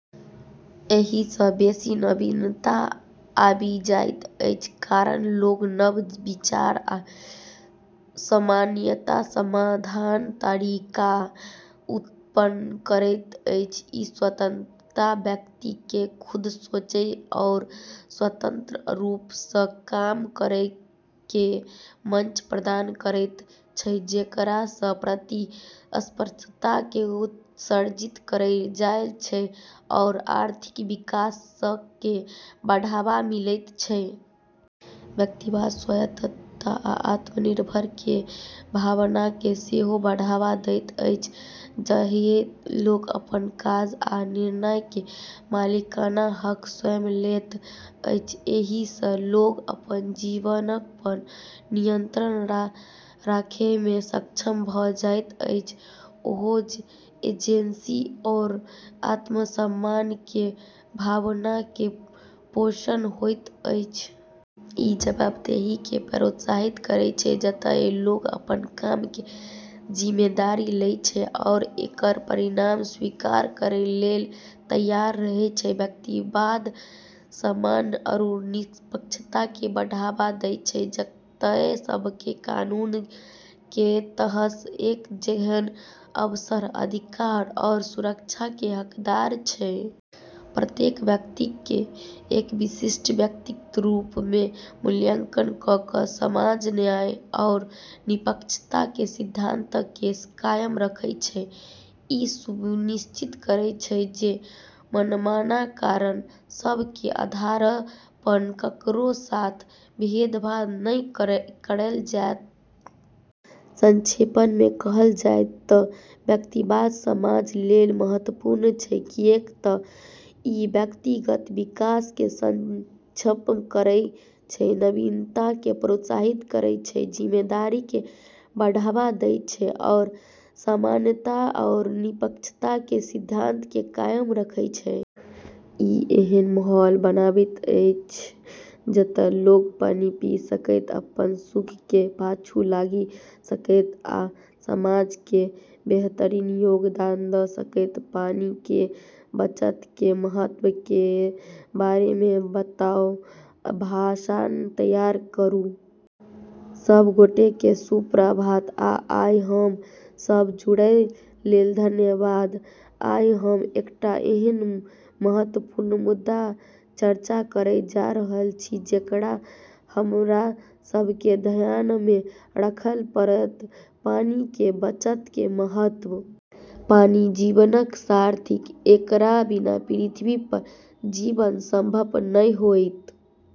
एहिसँ बेसी नवीनता आबि जाइत अछि, कारण लोक नव विचार आ समस्याक समाधानक तरीका उत्पन्न करैत अछि। ई स्वतंत्रता व्यक्तिकेँ खुद सोचै आरू स्वतंत्र रूपसँ काम करै केर मंच प्रदान करैत छै, जेकरासँ प्रतिस्पर्धाकेँ उत्तेजित कएल जाइत छै आरू आर्थिक विकासकेँ बढ़ावा मिलैत छै। व्यक्तिवाद स्वायत्तता आ आत्मनिर्भरता केर भावनाकेँ सेहो बढ़ावा दैत अछि, जतए लोक अपन काज आ निर्णय केर मालिकाना हक स्वयं लैत अछि। एहिसँ लोक अपन जीवनपर नियंत्रण राखैमे सक्षम भऽ जाइत अछि आओर एजेंसी आओर आत्मसम्मान केर भावना केर पोषण होइत अछि। ई जवाबदेहीकेँ भी प्रोत्साहित करैत छै, जतए लोक अपन काम केर जिम्मेदारी लैत छै आरू एकर परिणामकेँ स्वीकार करै लेल तैयार रहैत छै। व्यक्तिवाद समानता आरू निष्पक्षताकेँ बढ़ावा दैत छै, जतए सभकेँ कानून केर तहत एक जेहन अवसर, अधिकार, आरू सुरक्षा केर हकदार छै। प्रत्येक व्यक्तिकेँ एक विशिष्ट व्यक्तिक रूपमे मूल्यांकन कऽ कऽ समाज न्याय आरू निष्पक्षता केर सिद्धांतकेँ कायम रखैत छै, ई सुनिश्चित करैत छै जे मनमाना कारक सभ केर आधारपर ककरो साथ भेदभाव नहि कएल जाए। संक्षेपमे कहल जाए तऽ व्यक्तिवाद समाज लेल महत्वपूर्ण छै, किऐक तऽ ई व्यक्तिगत विकासकेँ सक्षम करैत छै, नवीनताकेँ प्रोत्साहित करैत छै, जिम्मेदारीकेँ बढ़ावा दैत छै, आरू समानता आरू निष्पक्षता केर सिद्धांतकेँ कायम रखैत छै। ई एहन माहौल बनाबैत अछि जतए लोक पनपि सकए, अपन सुख केर पाछू लागि सकए, आ समाज केर बेहतरीमे योगदान दऽ सकए। पानि केर बचत केर महत्व केर बारेमे बताबैत भाषण तैयार करू। सब गोटेकेँ शुभ प्रभात, आ आइ हमरा सबसँ जुड़ै लेल धन्यवाद। आइ हम एकटा एहन महत्वपूर्ण मुद्दापर चर्चा करै जा रहल छी जेकरा हमरा सभकेँ ध्यानमे राखै पड़त: पानि केर बचत केर महत्व। पानि जीवनक सार थिक; एकरा बिना पृथ्वीपर जीवन संभव नहि होइत।